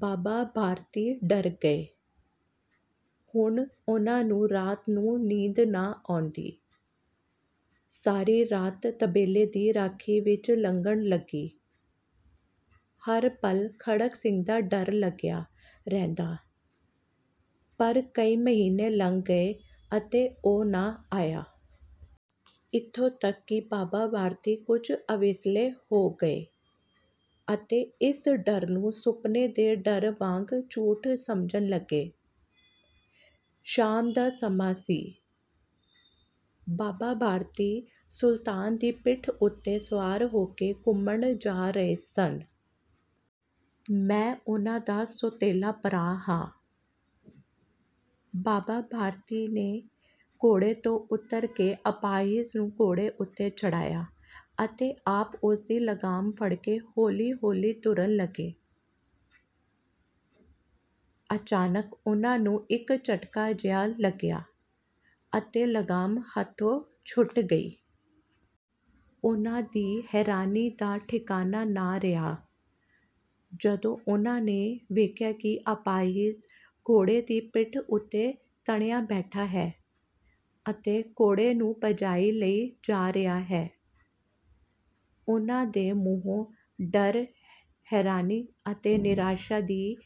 ਬਾਬਾ ਭਾਰਤੀ ਡਰ ਗਏ। ਹੁਣ ਉਨ੍ਹਾਂ ਨੂੰ ਰਾਤ ਨੂੰ ਨੀਂਦ ਨਾ ਆਉਂਦੀ।। ਸਾਰੀ ਰਾਤ ਤਬੇਲੇ ਦੀ ਰਾਖੀ ਵਿੱਚ ਲੰਘਣ ਲੱਗੀ। ਹਰ ਪਲ ਖੜਗ ਸਿੰਘ ਦਾ ਡਰ ਲਗਿਆ ਰਹਿੰਦਾ, ਪਰ ਕਈ ਮਹੀਨੇ ਲੰਘ ਗਏ ਅਤੇ ਉਹ ਨਾ ਆਇਆ। ਇੱਥੋਂ ਤੱਕ ਕਿ ਬਾਬਾ ਭਾਰਤੀ ਕੁੱਝ ਅਵੇਸਲੇ ਹੋ ਗਏ ਅਤੇ ਇਸ ਡਰ ਨੂੰ ਸੁਪਨੇ ਦੇ ਡਰ ਵਾਂਗ ਝੂਠ ਸਮਝਣ ਲੱਗੇ। ਸ਼ਾਮ ਦਾ ਸਮਾਂ ਸੀ। ਬਾਬਾ ਭਾਰਤੀ ਸੁਲਤਾਨ ਦੀ ਪਿੱਠ ਉੱਤੇ ਸਵਾਰ ਹੋਕੇ ਘੁੰਮਣ ਜਾ ਰਹੇ ਸਨ। ਮੈਂ ਉਨ੍ਹਾਂ ਦਾ ਸੌਤੇਲਾ ਭਰਾ ਹਾਂ। ' ਬਾਬਾ ਭਾਰਤੀ ਨੇ ਘੋੜੇ ਤੋਂ ਉਤਰ ਕੇ ਅਪਾਹਿਜ ਨੂੰ ਘੋੜੇ ਉੱਤੇ ਚੜ੍ਹਾਇਆ ਅਤੇ ਆਪ ਉਸਦੀ ਲਗਾਮ ਫੜਕੇ ਹੌਲੀ-ਹੌਲੀ ਤੁਰਨ ਲੱਗੇ। ਅਚਾਨਕ ਉਨ੍ਹਾਂ ਨੂੰ ਇੱਕ ਝੱਟਕਾ-ਜਿਹਾ ਲਗਿਆ ਅਤੇ ਲਗਾਮ ਹੱਥੋਂ ਛੁੱਟ ਗਈ। ਉਨ੍ਹਾਂ ਦੀ ਹੈਰਾਨੀ ਦਾ ਠਿਕਾਣਾ ਨਾ ਰਿਹਾ, ਜਦੋਂ ਉਨ੍ਹਾਂ ਨੇ ਵੇਖਿਆ ਕਿ ਅਪਾਹਿਜ ਘੋੜੇ ਦੀ ਪਿੱਠ ਉੱਤੇ ਤਣਿਆ ਬੈਠਾ ਹੈ ਅਤੇ ਘੋੜੇ ਨੂੰ ਭਜਾਈਂ ਲਈ ਜਾ ਰਿਹਾ ਹੈ। ਉਨ੍ਹਾਂ ਦੇ ਮੂੰਹੋਂ ਡਰ, ਹੈਰਾਨੀ ਅਤੇ ਨਿਰਾਸ਼ਾ ਦੀ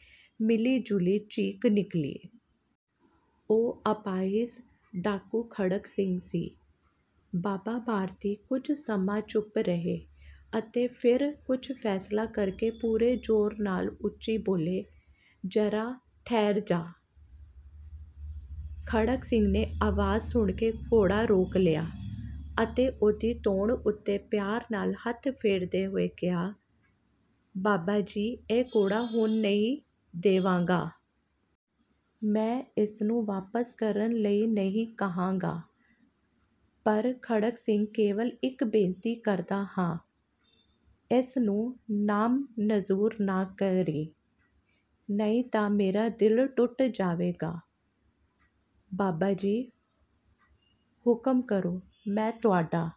ਮਿਲੀਜੁਲੀ ਚੀਕ ਨਿਕਲੀ। ਉਹ ਅਪਾਹਿਜ ਡਾਕੂ ਖੜਗ ਸਿੰਘ ਸੀ। ਬਾਬਾ ਭਾਰਤੀ ਕੁੱਝ ਸਮਾਂ ਚੁਪ ਰਹੇ ਅਤੇ ਫੇਰ ਕੁੱਝ ਫੈਸਲਾ ਕਰਕੇ ਪੂਰੇ ਜੋਰ ਨਾਲ ਉੱਚੀ ਬੋਲੇ, 'ਜਰਾ ਠਹਿਰ ਜਾ। ਖੜਗ ਸਿੰਘ ਨੇ ਅਵਾਜ਼ ਸੁਣਕੇ ਘੋੜਾ ਰੋਕ ਲਿਆ ਅਤੇ ਉਹਦੀ ਧੌਣ ਉੱਤੇ ਪਿਆਰ ਨਾਲ ਹੱਥ ਫੇਰਦੇ ਹੋਏ ਕਿਹਾ, 'ਬਾਬਾ ਜੀ, ਇਹ ਘੋੜਾ ਹੁਣ ਨਹੀਂ ਦੇਵਾਂਗਾ। ਮੈਂ ਇਸਨੂੰ ਵਾਪਸ ਕਰਨ ਲਈ ਨਹੀਂ ਕਹਾਂਗਾ। ਪਰ ਖੜਗ ਸਿੰਘ, ਕੇਵਲ ਇੱਕ ਬੇਨਤੀ ਕਰਦਾ ਹਾਂ। ਇਸਨੂੰ ਨਾਮਨਜ਼ੂਰ ਨਾ ਕਰੀਂ, ਨਹੀਂ ਤਾਂ ਮੇਰਾ ਦਿਲ ਟੁੱਟ ਜਾਵੇਗਾ। ' 'ਬਾਬਾ ਜੀ, ਹੁਕਮ ਕਰੋ। ਮੈਂ ਤੁਹਾਡਾ